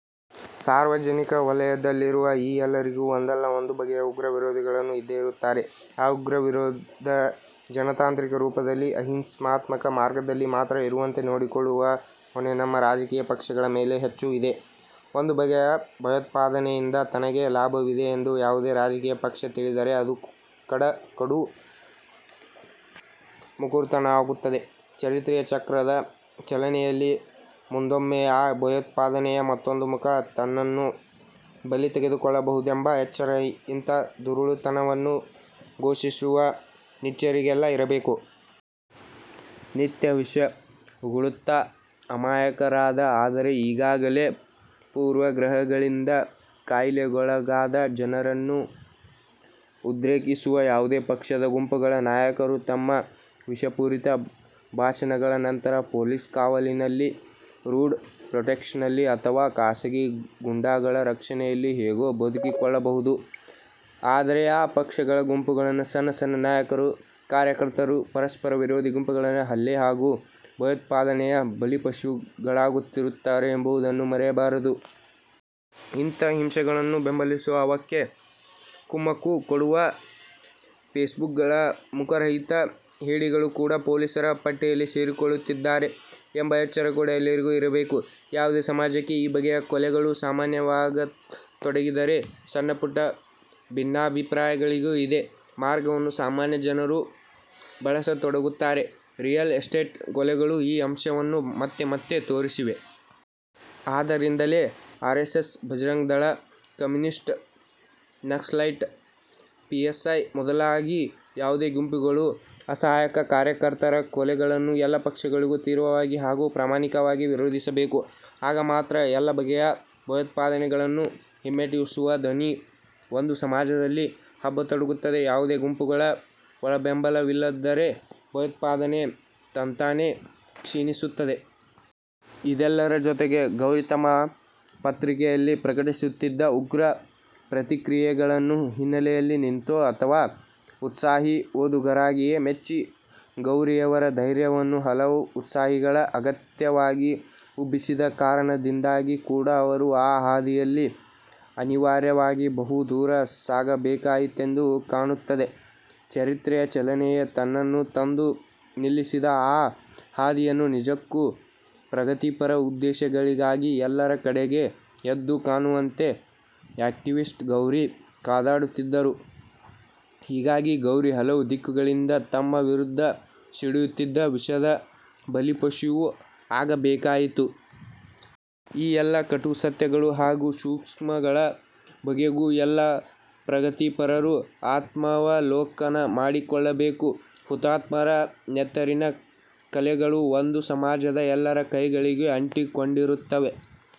ಸಾರ್ವಜನಿಕ ವಲಯದಲ್ಲಿರುವ ಈ ಎಲ್ಲರಿಗೂ ಒಂದಲ್ಲ ಒಂದು ಬಗೆಯ ಉಗ್ರ ವಿರೋಧಿಗಳು ಇದ್ದೇ ಇರುತ್ತಾರೆ. ಆ ಉಗ್ರ ವಿರೋಧ ಜನತಾಂತ್ರಿಕ ರೂಪದಲ್ಲಿ, ಅಹಿಂಸಾತ್ಮಕ ಮಾರ್ಗದಲ್ಲಿ ಮಾತ್ರ ಇರುವಂತೆ ನೋಡಿಕೊಳ್ಳುವ ಹೊಣೆ ನಮ್ಮ ರಾಜಕೀಯ ಪಕ್ಷಗಳ ಮೇಲೆ ಹೆಚ್ಚು ಇದೆ. ಒಂದು ಬಗೆಯ ಭಯೋತ್ಪಾದನೆಯಿಂದ ತನಗೆ ಲಾಭವಿದೆಯೆಂದು ಯಾವುದೇ ರಾಜಕೀಯ ಪಕ್ಷ ತಿಳಿದರೆ ಅದು ಕಡು ಮೂರ್ಖತನವಾಗುತ್ತದೆ; ಚರಿತ್ರೆಯ ಚಕ್ರದ ಚಲನೆಯಲ್ಲಿ ಮುಂದೊಮ್ಮೆ ಆ ಭಯೋತ್ಪಾದನೆಯ ಮತ್ತೊಂದು ಮುಖ ತನ್ನನ್ನೂ ಬಲಿ ತೆಗೆದುಕೊಳ್ಳಬಹುದೆಂಬ ಎಚ್ಚರ ಇಂಥ ದುರುಳತನವನ್ನು ಪೋಷಿಸುವ ನೀಚರಿಗೆಲ್ಲ ಇರಬೇಕು. ನಿತ್ಯ ವಿಷ ಉಗುಳುತ್ತಾ ಅಮಾಯಕರಾದ, ಆದರೆ ಈಗಾಗಲೇ ಪೂರ್ವಗ್ರಹಗಳಿಂದ ಕಾಯಿಲೆಗೊಳಗಾದ, ಜನರನ್ನು ಉದ್ರೇಕಿಸುವ ಯಾವುದೇ ಪಕ್ಷದ, ಗುಂಪುಗಳ ನಾಯಕರು ತಮ್ಮ ವಿಷಪೂರಿತ ಭಾಷಣಗಳ ನಂತರ ಪೊಲೀಸ್ ಕಾವಲಿನಲ್ಲಿ, ಝಡ್ ಪ್ರೊಟೆಕ್ಷನ್ನಲ್ಲಿ ಅಥವಾ ಖಾಸಗಿ ಗೂಂಡಾಗಳ ರಕ್ಷಣೆಯಲ್ಲಿ ಹೇಗೋ ಬದುಕಿಕೊಳ್ಳಬಹುದು; ಆದರೆ ಈ ಪಕ್ಷಗಳ, ಗುಂಪುಗಳ ಸಣ್ಣ ಸಣ್ಣ ನಾಯಕರು, ಕಾರ್ಯಕರ್ತರು ಪರಸ್ಪರ ವಿರೋಧಿ ಗುಂಪುಗಳ ಹಲ್ಲೆ ಹಾಗೂ ಭಯೋತ್ಪಾದನೆಯ ಬಲಿಪಶುಗಳಾಗುತ್ತಿರುತ್ತಾರೆ ಎಂಬುದನ್ನು ಮರೆಯಬಾರದು. ಇಂಥ ಹಿಂಸೆಗಳನ್ನು ಬೆಂಬಲಿಸುವ, ಅವಕ್ಕೆ ಕುಮ್ಮಕ್ಕು ಕೊಡುವ ಫೇಸ್ಬುಕ್ಗಳ ಮುಖರಹಿತ ಹೇಡಿಗಳು ಕೂಡ ಪೊಲೀಸರ ಪಟ್ಟಿಯಲ್ಲಿ ಸೇರಿಕೊಳ್ಳುತ್ತಿರುತ್ತಾರೆ ಎಂಬ ಎಚ್ಚರ ಕೂಡ ಎಲ್ಲರಿಗೂ ಇರಬೇಕು. ಯಾವುದೇ ಸಮಾಜಕ್ಕೆ ಈ ಬಗೆಯ ಕೊಲೆಗಳು ಸಾಮಾನ್ಯವಾಗತೊಡಗಿದರೆ, ಸಣ್ಣಪುಟ್ಟ ಭಿನ್ನಾಭಿಪ್ರಾಯಗಳಿಗೂ ಇದೇ ಮಾರ್ಗವನ್ನು ಸಾಮಾನ್ಯ ಜನರೂ ಬಳಸತೊಡಗುತ್ತಾರೆ. ರಿಯಲ್ ಎಸ್ಟೇಟ್ ಕೊಲೆಗಳು ಈ ಅಂಶವನ್ನು ಮತ್ತೆ ಮತ್ತೆ ತೋರಿಸಿವೆ. ಆದ್ದರಿಂದಲೇ RSS, Bajrang Dal, communist, Naxalite, PFI ಮೊದಲಾಗಿ ಯಾವುದೇ ಗುಂಪುಗಳ ಅಸಹಾಯಕ ಕಾರ್ಯಕರ್ತರ ಕೊಲೆಗಳನ್ನು ಎಲ್ಲ ಪಕ್ಷಗಳೂ ತೀವ್ರವಾಗಿ ಹಾಗೂ ಪ್ರಾಮಾಣಿಕವಾಗಿ ವಿರೋಧಿಸಬೇಕು. ಆಗ ಮಾತ್ರ ಎಲ್ಲ ಬಗೆಯ ಭಯೋತ್ಪಾದನೆಗಳನ್ನು ಹಿಮ್ಮೆಟ್ಟಿಸುವ ಧ್ವನಿ ಒಂದು ಸಮಾಜದಲ್ಲಿ ಹಬ್ಬತೊಡಗುತ್ತದೆ; ಯಾವುದೇ ಗುಂಪುಗಳ ಒಳಬೆಂಬಲವಿಲ್ಲದಿದ್ದರೆ ಭಯೋತ್ಪಾದನೆ ತಂತಾನೇ ಕ್ಷೀಣಿಸುತ್ತದೆ. ಇದೆಲ್ಲದರ ಜೊತೆಗೇ, ಗೌರಿ ತಮ್ಮ ಪತ್ರಿಕೆಯಲ್ಲಿ ಪ್ರಕಟಿಸುತ್ತಿದ್ದ ಉಗ್ರ ಪ್ರತಿಕ್ರಿಯೆಗಳನ್ನು ಹಿನ್ನೆಲೆಯಲ್ಲಿ ನಿಂತೋ ಅಥವಾ ಉತ್ಸಾಹಿ ಓದುಗರಾಗಿಯೋ ಮೆಚ್ಚಿ, ಗೌರಿಯವರ 'ಧೈರ್ಯ'ವನ್ನು ಹಲವು 'ಉತ್ಸಾಹಿಗಳು' ಅನಗತ್ಯವಾಗಿ ಉಬ್ಬಿಸಿದ ಕಾರಣದಿಂದಾಗಿ ಕೂಡ ಅವರು ಆ ಹಾದಿಯಲ್ಲಿ ಅನಿವಾರ್ಯವಾಗಿ ಬಹು ದೂರ ಸಾಗಬೇಕಾಯಿತೆಂದು ಕಾಣುತ್ತದೆ; ಚರಿತ್ರೆಯ ಚಲನೆಯೇ ತನ್ನನ್ನು ತಂದು ನಿಲ್ಲಿಸಿದ ಆ ಹಾದಿಯಲ್ಲಿ ನಿಜಕ್ಕೂ ಪ್ರಗತಿಪರ ಉದ್ದೇಶಗಳಿಗಾಗಿ, ಎಲ್ಲರ ಕಣ್ಣಿಗೆ ಎದ್ದು ಕಾಣುವಂತೆ ಆ್ಯಕ್ಟಿವಿಸ್ಟ್ ಗೌರಿ ಕಾದಾಡುತ್ತಿದ್ದರು; ಹೀಗಾಗಿ ಗೌರಿ ಹಲವು ದಿಕ್ಕುಗಳಿಂದ ತಮ್ಮ ವಿರುದ್ಧ ಸಿಡಿಯುತ್ತಿದ್ದ ವಿಷದ ಬಲಿಪಶುವೂ ಆಗಬೇಕಾಯಿತು. ಈ ಎಲ್ಲ ಕಟು ಸತ್ಯಗಳು ಹಾಗೂ ಸೂಕ್ಷ್ಮಗಳ ಬಗೆಗೂ ಎಲ್ಲ ಪ್ರಗತಿಪರರೂ ಆತ್ಮಾವಲೋಕನ ಮಾಡಿಕೊಳ್ಳಬೇಕು. ಹುತಾತ್ಮರ ನೆತ್ತರಿನ ಕಲೆಗಳು ಒಂದು ಸಮಾಜದ ಎಲ್ಲರ ಕೈಗಳಿಗೂ ಅಂಟಿಕೊಂಡಿರುತ್ತವೆ.